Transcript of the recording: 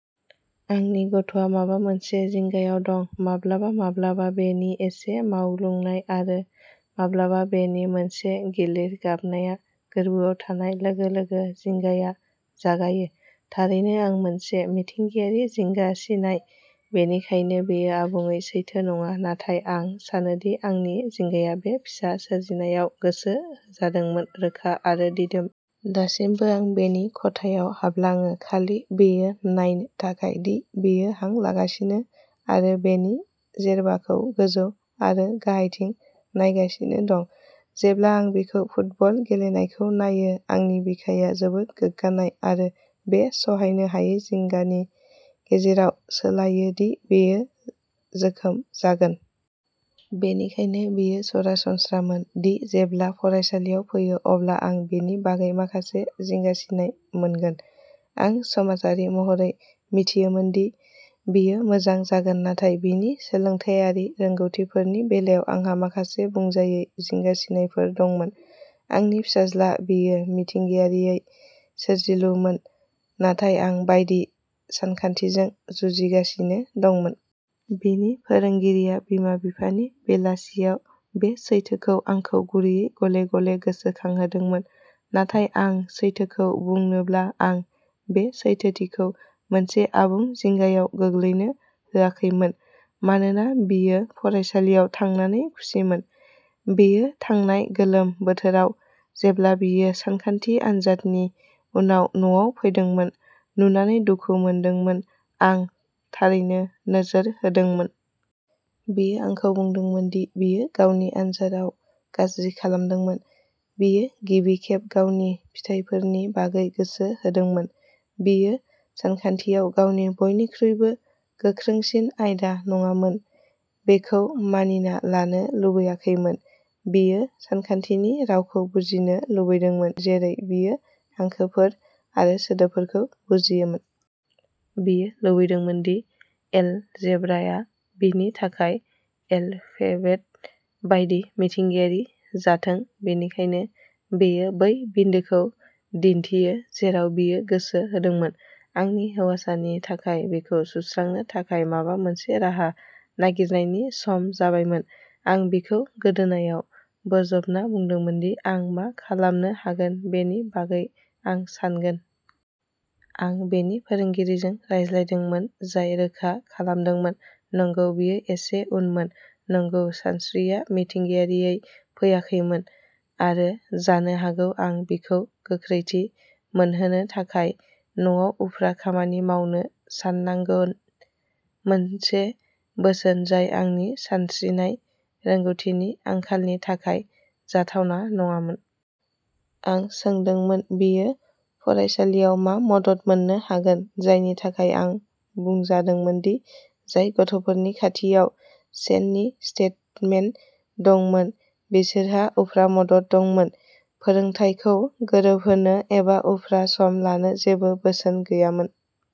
आंनि गथ'आ माबा मोनसे जिंगायाव दं। माब्लाबा माब्लाबा बेनि एसे मावग्लुंनाय आरो माब्लाबा बेनि मोनसे गिलिर गाबनाया गोरबोआव थानाय लोगो लोगो जिंगाया जागायो थारैनो आं मोनसे मिथिंगायारि जिंगासिनाय, बेनिखायनो बेयो आबुङै सैथो नङा नाथाय आं सानोदि आंनि जिंगाया बे फिसा सोरजिनायाव गोसो होजादोंमोन रोखा आरो दिदोम। दासिमबो आं बिनि खथायाव हाबलाङो खालि बेखौ नायनो थाखाय दि बियो हां लागासिनो आरो बिनि जेरबाखौ गोजौ आरो गाहायथिं नायगासिनो दं। जेब्ला आं बिखौ फुटबल गेलेनायखौ नायो, आंनि बिखाया जोबोद गोग्गानाय आरो बे सहायनो हायै जिंगानि गेजेराव सोलायो दि बियो जोखोम जागोन। बेनिखायनो बेयो सरासनस्रामोन दि जेब्ला फरायसालियाव फैयो, अब्ला आं बिनि बागै माखासे जिंगासिनाय मोनगोन। आं समाजारि महरै मिथियोमोनदि बियो मोजां जागोन नाथाय बिनि सोलोंथायारि रोंग'थिफोरनि बेलायाव आंहा माखासे बुंजायै जिंगासिनायफोर दंमोन। आंनि फिसाज्ला बियो मिथिंगायारियै सोरजिलुमोन नाथाय आं बायदि सानखान्थिजों जुजिगासिनो दंमोन। बिनि फोरोंगिरिआ बिमा-बिफानि बेलासियाव बे सैथोखौ आंखौ गुरैयै गले-गले गोसोखांहोदोंमोन, नाथाय आं सैथोखौ बुंनोब्ला आं बे सैथोथिखौ मोनसे आबुं जिंगायाव गोग्लैनो होआखैमोन मानोना बियो फरायसालियाव थांनानै खुसिमोन। बेयो थांनाय गोलोम बोथोराव जेब्ला बियो सानखान्थि आनजादनि उनाव न'आव फैदोंमोन, नुनानै दुखु मोनदोंमोन, आं थारैनो नोजोर होदोंमोन। बियो आंखौ बुंदोंमोन दि बियो गावनि आनजादआव गाज्रि खालामदोंमोन। बियो गिबि खेब गावनि फिथायफोरनि बागै गोसो होदोंमोन। बियो सानखान्थियाव गावनि बयनिख्रुइबो गोख्रोंसिन आयदा नङामोन बेखौ मानिना लानो लुबैयाखैमोन। बियो सानखान्थिनि रावखौ बुजिनो लुबैदोंमोन जेरै बियो हांखोफोर आरो सोदोबफोरखौ बुजियोमोन। बियो लुबैदोंमोन दि एलजेब्राआ बिनि थाखाय एलफेबेट बायदि मिथिंगायारि जाथों बेनिखायनो बेयो बै बिन्दोखौ दिन्थियो जेराव बियो गोसो होदोंमोन। आंनि हौवासानि थाखाय बेखौ सुस्रांनो थाखाय माबा मोनसे राहा नागिरनायनि सम जाबायमोन। आं बिखौ गोदोनायाव बोजबना बुंदोंमोन दि आं मा खालामनो हागोन बेनि बागै आं सानगोन। आं बिनि फोरोंगिरिजों रायज्लायदोंमोन, जाय रोखा खालामदोंमोन, नंगौ बियो एसे उनमोन, नंगौ सानस्रिया मिथिंगायारियै फैयाखैमोन आरो जानो हागौ आं बिखौ गोख्रैथि मोनहोनो थाखाय न'आव उफ्रा खामानि मावनो साननांगोन मोनसे बोसोन जाय आंनि सानस्रिनाय रोंग'थिनि आंखालनि थाखाय जाथावना नङामोन। आं सोंदोंमोन बियो फरायसालियाव मा मदद मोननो हागोन, जायनि थाखाय आं बुंजादोंमोन दि जाय गथ'फोरनि खाथियाव सेननि स्टेटमेन्ट दंमोन बिसोरहा उफ्रा मदद दंमोन। फोरोंथायखौ गोरोबहोनो एबा उफ्रा सम लानो जेबो बोसोन गैयामोन।